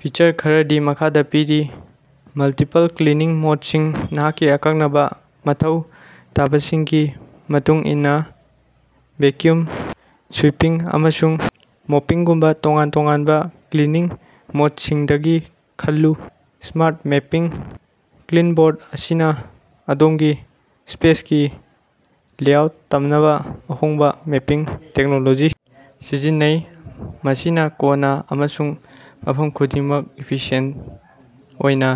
Feature ꯈꯔꯗꯤ ꯃꯈꯥꯗ ꯄꯤꯔꯤ: ꯃꯜꯇꯤꯄꯜ ꯀ꯭ꯂꯤꯅꯤꯡ ꯃꯣꯗꯁꯤꯡ: ꯅꯍꯥꯛꯀꯤ ꯑꯀꯛꯅꯕ ꯃꯊꯧ ꯇꯥꯕꯁꯤꯡꯒꯤ ꯃꯇꯨꯡ ꯏꯟꯅ- ꯚꯦꯀ꯭ꯌꯨꯝ, ꯁ꯭ꯋꯤꯄꯤꯡ, ꯑꯃꯁꯨꯡ ꯃꯣꯄꯤꯡꯒꯨꯝꯕ ꯇꯣꯉꯥꯟ ꯇꯣꯉꯥꯟꯕ ꯀ꯭ꯂꯤꯅꯤꯡ ꯃꯣꯗꯁꯤꯡꯗꯒꯤ ꯈꯜꯂꯨ꯫ ꯁ꯭ꯃꯥꯔꯠ ꯃꯦꯄꯤꯡ: ꯀ꯭ꯂꯤꯟꯕꯣꯠ ꯑꯁꯤꯅ ꯑꯗꯣꯝꯒꯤ ꯁ꯭ꯄꯦꯁꯀꯤ ꯂꯦꯑꯥꯎꯠ ꯇꯝꯅꯕ ꯑꯍꯣꯡꯕ ꯃꯦꯄꯤꯡ ꯇꯦꯛꯅꯣꯂꯣꯖꯤ ꯁꯤꯖꯤꯟꯅꯩ꯫ ꯃꯁꯤꯅ ꯀꯣꯟꯅ ꯑꯃꯁꯨꯡ ꯃꯐꯝ ꯈꯨꯗꯤꯡꯃꯛ ꯏꯐꯤꯁꯤꯌꯦꯟꯇ ꯑꯣꯏꯅ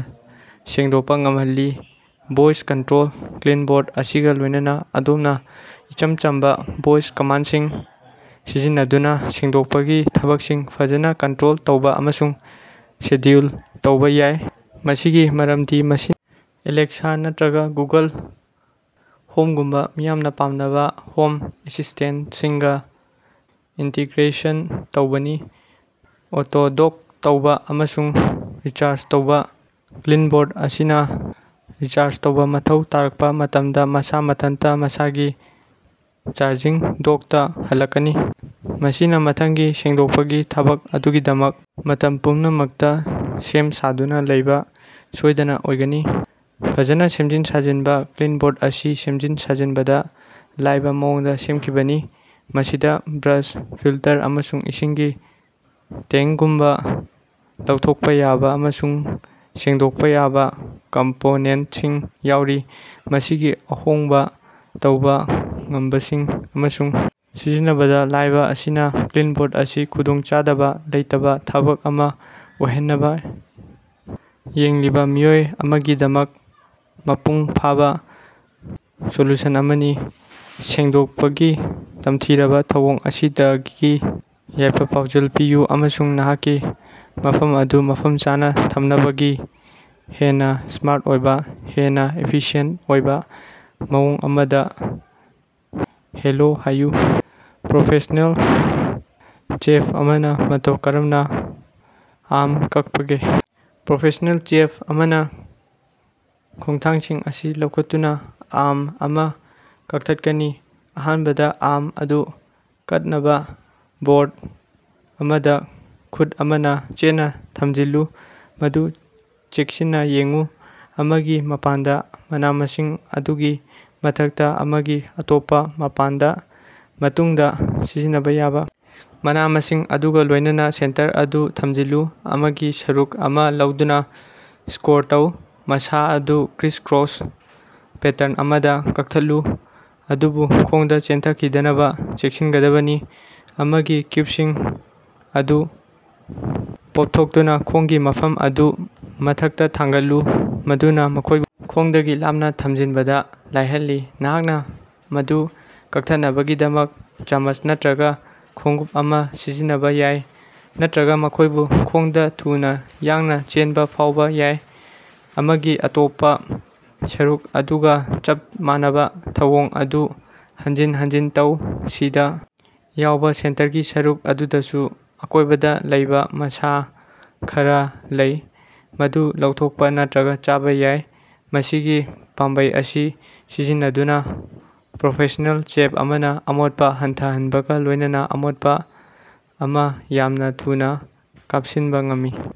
ꯁꯦꯡꯗꯣꯛꯄ ꯉꯝꯍꯜꯂꯤ꯫ ꯚꯣꯏꯁ ꯀꯟꯇ꯭ꯔꯣꯜ: ꯀ꯭ꯂꯤꯟꯕꯣꯠ ꯑꯁꯤꯒ ꯂꯣꯏꯅꯅ ꯑꯗꯣꯝꯅ ꯏꯆꯝ ꯆꯝꯕ ꯚꯣꯏꯁ ꯀꯃꯥꯟꯗꯁꯤꯡ ꯁꯤꯖꯤꯟꯅꯗꯨꯅ ꯁꯦꯡꯗꯣꯛꯄꯒꯤ ꯊꯕꯛꯁꯤꯡ ꯐꯖꯟꯅ ꯀꯟꯇ꯭ꯔꯣꯜ ꯇꯧꯕ ꯑꯃꯁꯨꯡ ꯁꯦꯗ꯭ꯌꯨꯜ ꯇꯧꯕ ꯌꯥꯏ꯫ ꯃꯁꯤꯒꯤ ꯃꯔꯝꯗꯤ ꯃꯁꯤꯅ ꯑꯦꯂꯦꯛꯁꯥ ꯅꯠꯇ꯭ꯔꯒ ꯒꯨꯒꯜ ꯍꯣꯝꯒꯨꯝꯕ ꯃꯤꯌꯥꯝꯅ ꯄꯥꯝꯅꯕ ꯍꯣꯝ ꯑꯦꯁꯤꯁ꯭ꯇꯦꯟꯇꯁꯤꯡꯒ ꯏꯟꯇꯤꯒ꯭ꯔꯦꯁꯟ ꯇꯧꯕꯅꯤ꯫ ꯑꯣꯇꯣ-ꯗꯣꯛ ꯇꯧꯕ ꯑꯃꯁꯨꯡ ꯔꯤꯆꯥꯔꯖ ꯇꯧꯕ: ꯀ꯭ꯂꯤꯟꯕꯣꯠ ꯑꯁꯤꯅ ꯔꯤꯆꯥꯔꯖ ꯇꯧꯕ ꯃꯊꯧ ꯇꯥꯔꯛꯄ ꯃꯇꯝꯗ ꯃꯁꯥ ꯃꯊꯟꯇ ꯃꯁꯥꯒꯤ ꯆꯥꯔꯖꯤꯡ ꯗꯣꯛꯇ ꯍꯜꯂꯛꯀꯅꯤ꯫ ꯃꯁꯤꯅ ꯃꯊꯪꯒꯤ ꯁꯦꯡꯗꯣꯛꯄꯒꯤ ꯊꯕꯛ ꯑꯗꯨꯒꯤꯗꯃꯛ ꯃꯇꯝ ꯄꯨꯝꯅꯃꯛꯇ ꯁꯦꯝ ꯁꯥꯗꯨꯅ ꯂꯩꯕ ꯁꯣꯏꯗꯅ ꯑꯣꯏꯒꯅꯤ꯫ ꯐꯖꯟꯅ ꯁꯦꯝꯖꯤꯟ-ꯁꯥꯖꯤꯟꯕ: ꯀ꯭ꯂꯤꯟꯕꯣꯠ ꯑꯁꯤ ꯁꯦꯝꯖꯤꯟ-ꯁꯥꯖꯤꯟꯕꯗ ꯂꯥꯏꯕ ꯃꯑꯣꯡꯗ ꯁꯦꯝꯈꯤꯕꯅꯤ꯫ ꯃꯁꯤꯗ ꯕ꯭ꯔꯁ, ꯐꯤꯜꯇꯔ, ꯑꯃꯁꯨꯡ ꯏꯁꯤꯡꯒꯤ ꯇꯦꯡꯀꯒꯨꯝꯕ ꯂꯧꯊꯣꯛꯄ ꯌꯥꯕ ꯑꯃꯁꯨꯡ ꯁꯦꯡꯗꯣꯛꯄ ꯌꯥꯕ ꯀꯝꯄꯣꯅꯦꯟꯇꯁꯤꯡ ꯌꯥꯎꯔꯤ꯫ ꯃꯁꯤꯒꯤ ꯑꯍꯣꯡꯕ ꯇꯧꯕ ꯉꯝꯕꯁꯤꯡ ꯑꯃꯁꯨꯡ ꯁꯤꯖꯤꯟꯅꯕꯗ ꯂꯥꯏꯕ ꯑꯁꯤꯅ ꯀ꯭ꯂꯤꯟꯕꯣꯠ ꯑꯁꯤ ꯈꯨꯗꯣꯡꯆꯥꯗꯕ ꯂꯩꯇꯕ ꯊꯕꯛ ꯑꯃꯥ ꯑꯣꯏꯍꯟꯅꯕ ꯌꯦꯡꯂꯤꯕ ꯃꯤꯑꯣꯏ ꯑꯃꯒꯤꯗꯃꯛ ꯃꯄꯨꯡ ꯐꯥꯕ ꯁꯣꯂꯨꯁꯟ ꯑꯃꯅꯤ꯫ ꯁꯦꯡꯗꯣꯛꯄꯒꯤ ꯇꯝꯊꯤꯔꯕ ꯊꯧꯑꯣꯡ ꯑꯁꯤꯗꯒꯤ ꯌꯥꯏꯐ-ꯄꯥꯎꯖꯦꯜ ꯄꯤꯌꯨ ꯑꯃꯁꯨꯡ ꯅꯍꯥꯛꯀꯤ ꯃꯐꯝ ꯑꯗꯨ ꯃꯐꯝ ꯆꯥꯅ ꯊꯝꯅꯕꯒꯤ ꯍꯦꯟꯅ ꯁ꯭ꯃꯥꯔꯠ ꯑꯣꯏꯕ, ꯍꯦꯟꯅ ꯏꯐꯤꯁꯤꯌꯦꯟꯇ ꯑꯣꯏꯕ ꯃꯑꯣꯡ ꯑꯃꯗ ꯍꯦꯂꯣ ꯍꯥꯏꯌꯨ꯫ ꯄ꯭ꯔꯣꯐꯦꯁ꯭ꯅꯦꯜ ꯆꯦꯐ ꯑꯃꯅ ꯃꯇꯧ ꯀꯔꯝꯅ ꯑꯥꯝ ꯀꯛꯄꯒꯦ? ꯄ꯭ꯔꯣꯐꯦꯁ꯭ꯅꯦꯜ ꯆꯦꯐ ꯑꯃꯅ ꯈꯣꯡꯊꯥꯡꯁꯤꯡ ꯑꯁꯤ ꯂꯧꯈꯠꯇꯨꯅ ꯑꯥꯝ ꯑꯃꯥ ꯀꯛꯊꯠꯀꯅꯤ꯫ ꯑꯍꯥꯟꯕꯗ ꯑꯥꯝ ꯑꯗꯨ ꯀꯠꯇꯅꯕ ꯕꯣꯔꯗ ꯑꯃꯗ ꯈꯨꯠ ꯑꯃꯅ ꯆꯦꯠꯅ ꯊꯝꯖꯤꯜꯂꯨ꯫ ꯃꯗꯨ ꯆꯦꯛꯁꯤꯟꯅ ꯌꯦꯡꯎ, ꯑꯃꯒꯤ ꯃꯄꯥꯟꯗ, ꯃꯅꯥ-ꯃꯁꯤꯡ ꯑꯗꯨꯒꯤ ꯃꯊꯛꯇ꯫ ꯑꯃꯒꯤ ꯑꯇꯣꯞꯄ ꯃꯄꯥꯟꯗ, ꯃꯇꯨꯡꯗ ꯁꯤꯖꯤꯟꯅꯕ ꯌꯥꯕ ꯃꯅꯥ-ꯃꯁꯤꯡ ꯑꯗꯨꯒ ꯂꯣꯏꯅꯅ ꯁꯦꯟꯇꯔ ꯑꯗꯨ ꯊꯝꯖꯤꯜꯂꯨ꯫ ꯑꯃꯒꯤ ꯁꯔꯨꯛ ꯑꯃꯥ ꯂꯧꯗꯨꯅ ꯁ꯭ꯀꯣꯔ ꯇꯧ, ꯃꯁꯥ ꯑꯗꯨ ꯀ꯭ꯔꯤꯁ-ꯀ꯭ꯔꯣꯁ ꯄꯦꯇꯔꯟ ꯑꯃꯗ ꯀꯛꯊꯠꯂꯨ ꯑꯗꯨꯕꯨ ꯈꯣꯡꯗ ꯆꯦꯟꯊꯈꯤꯗꯅꯕ ꯆꯦꯛꯁꯤꯟꯒꯗꯕꯅꯤ꯫ ꯑꯃꯒꯤ ꯀ꯭ꯌꯨꯕꯁꯤꯡ ꯑꯗꯨ ꯄꯣꯞꯊꯣꯛꯇꯨꯅ ꯈꯣꯡꯒꯤ ꯃꯐꯝ ꯑꯗꯨ ꯃꯊꯛꯇ ꯊꯥꯡꯒꯠꯂꯨ꯫ ꯃꯗꯨꯅ ꯃꯈꯣꯏꯕꯨ ꯈꯣꯡꯗꯒꯤ ꯂꯥꯞꯅ ꯊꯝꯖꯤꯟꯕꯗ ꯂꯥꯏꯍꯜꯂꯤ꯫ ꯅꯍꯥꯛꯅ ꯃꯗꯨ ꯀꯛꯊꯠꯅꯕꯒꯤꯗꯃꯛ ꯆꯃꯆ ꯅꯠꯇ꯭ꯔꯒ ꯈꯣꯡꯎꯞ ꯑꯃꯥ ꯁꯤꯖꯤꯟꯅꯕ ꯌꯥꯏ ꯅꯠꯇ꯭ꯔꯒ ꯃꯈꯣꯏꯕꯨ ꯈꯣꯡꯗꯥ ꯊꯨꯅ ꯌꯥꯡꯅ ꯆꯦꯟꯕ ꯐꯥꯎꯕ ꯌꯥꯏ꯫ ꯑꯃꯒꯤ ꯑꯇꯣꯞꯄ ꯁꯔꯨꯛ ꯑꯗꯨꯒ ꯆꯞ ꯃꯥꯟꯅꯕ ꯊꯧꯑꯣꯡ ꯑꯗꯨ ꯍꯟꯖꯤꯟ ꯍꯟꯖꯤꯟ ꯇꯧ꯫ ꯁꯤꯗ ꯌꯥꯎꯕ ꯁꯦꯟꯇꯔꯒꯤ ꯁꯔꯨꯛ ꯑꯗꯨꯗꯁꯨ ꯑꯀꯣꯏꯕꯗ ꯂꯩꯕ ꯃꯁꯥ ꯈꯔ ꯂꯩ, ꯃꯗꯨ ꯂꯧꯊꯣꯛꯄ ꯅꯠꯇ꯭ꯔꯒ ꯆꯥꯕ ꯌꯥꯏ꯫ ꯃꯁꯤꯒꯤ ꯄꯥꯝꯕꯩ ꯑꯁꯤ ꯁꯤꯖꯤꯟꯅꯗꯨꯅ ꯄ꯭ꯔꯣꯐꯦꯁ꯭ꯅꯦꯜ ꯆꯦꯐ ꯑꯃꯅ ꯑꯃꯣꯠꯄ ꯍꯟꯊꯍꯟꯕꯒ ꯂꯣꯏꯅꯅ ꯑꯃꯣꯠꯄ ꯑꯃꯥ ꯌꯥꯝꯅ ꯊꯨꯅ ꯀꯥꯞꯁꯤꯟꯕ ꯉꯝꯃꯤ꯫